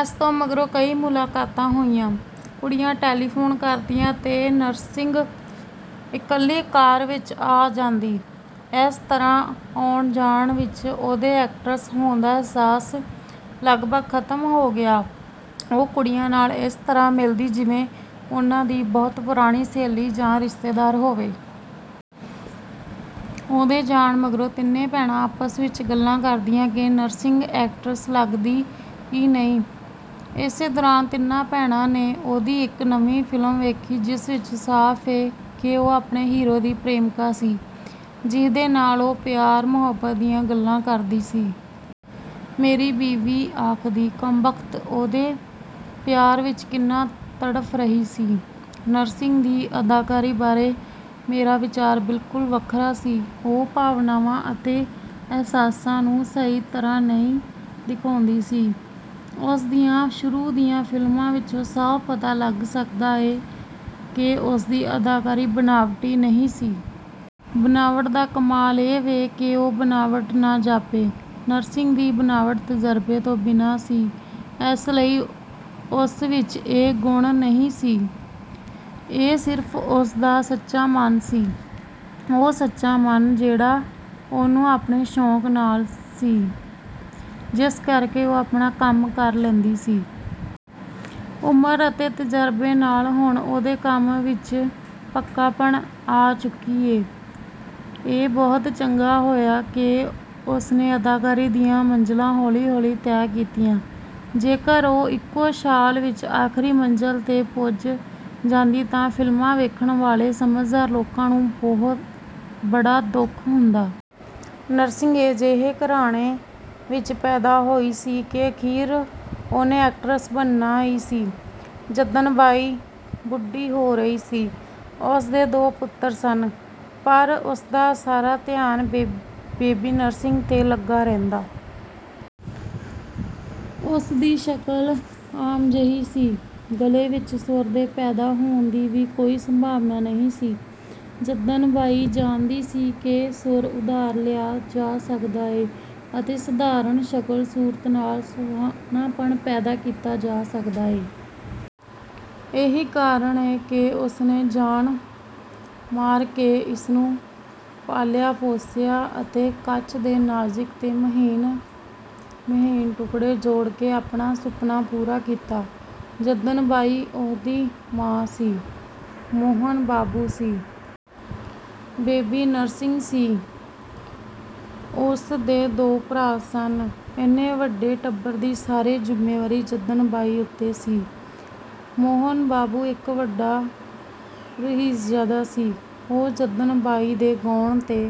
ਇਸ ਤੋਂ ਮਗਰੋਂ ਕਈ ਮੁਲਾਕਾਤਾਂ ਹੋਈਆਂ। ਕੁੜੀਆਂ ਟੈਲੀਫੋਨ ਕਰਦੀਆਂ ਤੇ ਨਰਗਿੰਸ ਇਕੱਲੀ ਕਾਰ ਵਿਚ ਆ ਜਾਂਦੀ। ਇਸ ਤਰ੍ਹਾਂ ਆਉਣ ਜਾਣ ਵਿਚ ਉਹਦੇ ਐਕਟਰਸ ਹੋਣ ਦਾ ਅਹਿਸਾਸ ਲਗਭਗ ਖ਼ਤਮ ਹੋ ਗਿਆ। ਉਹ ਕੁੜੀਆਂ ਨਾਲ ਇਸ ਤਰ੍ਹਾਂ ਮਿਲਦੀ ਜਿਵੇਂ ਉਨ੍ਹਾਂ ਦੀ ਬਹੁਤ ਪੁਰਾਣੀ ਸਹੇਲੀ ਜਾਂ ਰਿਸ਼ਤੇਦਾਰ ਹੋਵੇ। ਉਹਦੇ ਜਾਣ ਮਗਰੋਂ ਤਿੰਨੇ ਭੈਣਾਂ ਆਪਸ ਵਿਚ ਗੱਲਾਂ ਕਰਦੀਆਂ ਕਿ ਨਰਗਿੰਸ ਐਕਟਰੈਸ ਲੱਗਦੀ ਈ ਨਹੀਂ। ਇਸੇ ਦੌਰਾਨ ਤਿੰਨਾਂ ਭੈਣਾਂ ਨੇ ਉਹਦੀ ਇਕ ਨਵੀਂ ਫਿਲਮ ਵੇਖੀ ਜਿਸ ਚ ਸਾਫ ਏ ਕਿ ਉਹ ਆਪਣੇ ਹੀਰੋ ਦੀ ਪ੍ਰੇਮਿਕਾ ਸੀ ਜਿਹਦੇ ਨਾਲ ਉਹ ਪਿਆਰ ਮੁਹੱਬਤ ਦੀਆਂ ਗੱਲਾਂ ਕਰਦੀ ਸੀ। ਮੇਰੀ ਬੀਵੀ ਆਖਦੀ, "ਕਮਬਖ਼ਤ ਉਹਦੇ ਪਿਆਰ ਵਿਚ ਕਿੰਨਾ ਤੜਫ ਰਹੀ ਸੀ।" ਨਰਗਿੰਸ ਦੀ ਅਦਾਕਾਰੀ ਬਾਰੇ ਮੇਰਾ ਵਿਚਾਰ ਬਿਲਕੁਲ ਵੱਖਰਾ ਸੀ। ਉਹ ਭਾਵਨਾਵਾਂ ਅਤੇ ਅਹਿਸਾਸਾਂ ਨੂੰ ਸਹੀ ਤਰ੍ਹਾਂ ਨਹੀਂ ਦਿਖਾਉਂਦੀ ਸੀ। ਉਸ ਦੀਆਂ ਸ਼ੁਰੂ ਦੀਆਂ ਫਿਲਮਾਂ ਵਿਚੋਂ ਸਾਫ ਪਤਾ ਲੱਗ ਸਕਦਾ ਏ ਕਿ ਉਸ ਦੀ ਅਦਾਕਾਰੀ ਬਣਾਵਟੀ ਨਹੀਂ ਸੀ। ਬਣਾਵਟ ਦਾ ਕਮਾਲ ਇਹ ਵੇ ਕਿ ਉਹ ਬਣਾਵਟ ਨਾ ਜਾਪੇ। ਨਰਗਿੰਸ ਦੀ ਬਣਾਵਟ ਤਜ਼ਰਬੇ ਤੋਂ ਬਿਨਾਂ ਸੀ ਇਸ ਲਈ ਉਸ ਵਿਚ ਇਹ ਗੁਣ ਨਹੀਂ ਸੀ। ਇਹ ਸਿਰਫ ਉਸ ਦਾ ਸੱਚਾ ਮਨ ਸੀ। ਉਹ ਸੱਚਾ ਮਨ ਜਿਹੜਾ ਉਹਨੂੰ ਆਪਣੇ ਸ਼ੌਕ ਨਾਲ ਸੀ ਜਿਸ ਕਰਕੇ ਉਹ ਆਪਣਾ ਕੰਮ ਕਰ ਲੈਂਦੀ ਸੀ। ਉਮਰ ਅਤੇ ਤਜ਼ਰਬੇ ਨਾਲ ਹੁਣ ਉਹਦੇ ਕੰਮ ਵਿਚ ਪੱਕਾਪਣ ਆ ਚੁੱਕੀ ਏ। ਇਹ ਬਹੁਤ ਚੰਗਾ ਹੋਇਆ ਕਿ ਉਸ ਨੇ ਅਦਾਕਾਰੀ ਦੀਆਂ ਮੰਜ਼ਲਾਂ ਹੌਲੀ ਹੌਲੀ ਤੈਅ ਕੀਤੀਆਂ। ਜੇਕਰ ਉਹ ਇਕੋ ਛਾਲ ਵਿਚ ਆਖ਼ਰੀ ਮੰਜ਼ਲ ਤੇ ਪੁੱਜ ਜਾਂਦੀ ਤਾਂ ਫਿਲਮਾਂ ਵੇਖਣ ਵਾਲੇ ਸਮਝਦਾਰ ਲੋਕਾਂ ਨੂੰ ਬੜਾ ਦੁੱਖ ਹੁੰਦਾ। ਨਰਗਿੰਸ ਅਜਿਹੇ ਘਰਾਣੇ ਵਿਚ ਪੈਦਾ ਹੋਈ ਸੀ ਕਿ ਅਖੀਰ ਉਹਨੇ ਐਕਟਰਸ ਬਣਨਾ ਈ ਸੀ। ਜੱਦਨ ਬਾਈ ਬੁੱਢੀ ਹੋ ਰਹੀ ਸੀ। ਉਸ ਦੇ ਦੋ ਪੁੱਤਰ ਸਨ। ਪਰ ਉਸ ਦਾ ਸਾਰਾ ਧਿਆਨ ਬੇਬੀ ਨਰਗਿੰਸ ਤੇ ਲੱਗਾ ਰਹਿੰਦਾ। ਉਸ ਦੀ ਸ਼ਕਲ ਆਮ ਜਿਹੀ ਸੀ। ਗਲੇ ਵਿਚ ਸੁਰ ਦੇ ਪੈਦਾ ਹੋਣ ਦੀ ਵੀ ਕੋਈ ਸੰਭਾਵਨਾ ਨਹੀਂ ਸੀ। ਜੱਦਨ ਬਾਈ ਜਾਣਦੀ ਸੀ ਕਿ ਸੁਰ ਉਧਾਰ ਲਿਆ ਜਾ ਸਕਦਾ ਏ ਅਤੇ ਸਾਧਾਰਣ ਸ਼ਕਲ ਸੂਰਤ ਨਾਲ ਵੀ ਸੋਹਣਾਪਣ ਪੈਦਾ ਕੀਤਾ ਜਾ ਸਕਦਾ ਏ। ਇਹੀ ਕਾਰਨ ਏ ਕਿ ਉਸ ਨੇ ਜਾਨ ਮਾਰ ਕੇ ਇਸ ਨੂੰ ਪਾਲਿਆ ਪੋਸਿਆ ਅਤੇ ਕੱਚ ਦੇ ਨਾਜ਼ੁਕ ਤੇ ਮਹੀਨ ਮਹੀਨ ਟੁਕੜੇ ਜੋੜ ਕੇ ਆਪਣਾ ਸੁਪਨਾ ਪੂਰਾ ਕੀਤਾ। ਜੱਦਨ ਬਾਈ ਉਹਦੀ ਮਾਂ ਸੀ। ਮੋਹਨ ਬਾਬੂ ਸੀ। ਬੇਬੀ ਨਰਗਿਸ ਸੀ। ਉਸ ਦੇ ਦੋ ਭਰਾ ਸਨ। ਇੰਨੇ ਵੱਡੇ ਟੱਬਰ ਦੀ ਸਾਰੀ ਜ਼ਿੰਮੇਵਾਰੀ ਜੱਦਨ ਬਾਈ ਉਤੇ ਸੀ। ਮੋਹਨ ਬਾਬੂ ਇਕ ਬਹੁਤ ਵੱਡਾ ਰਈਸਜ਼ਾਦਾ ਸੀ। ਉਹ ਜੱਦਨ ਬਾਈ ਦੇ ਗਾਉਣ ਤੇ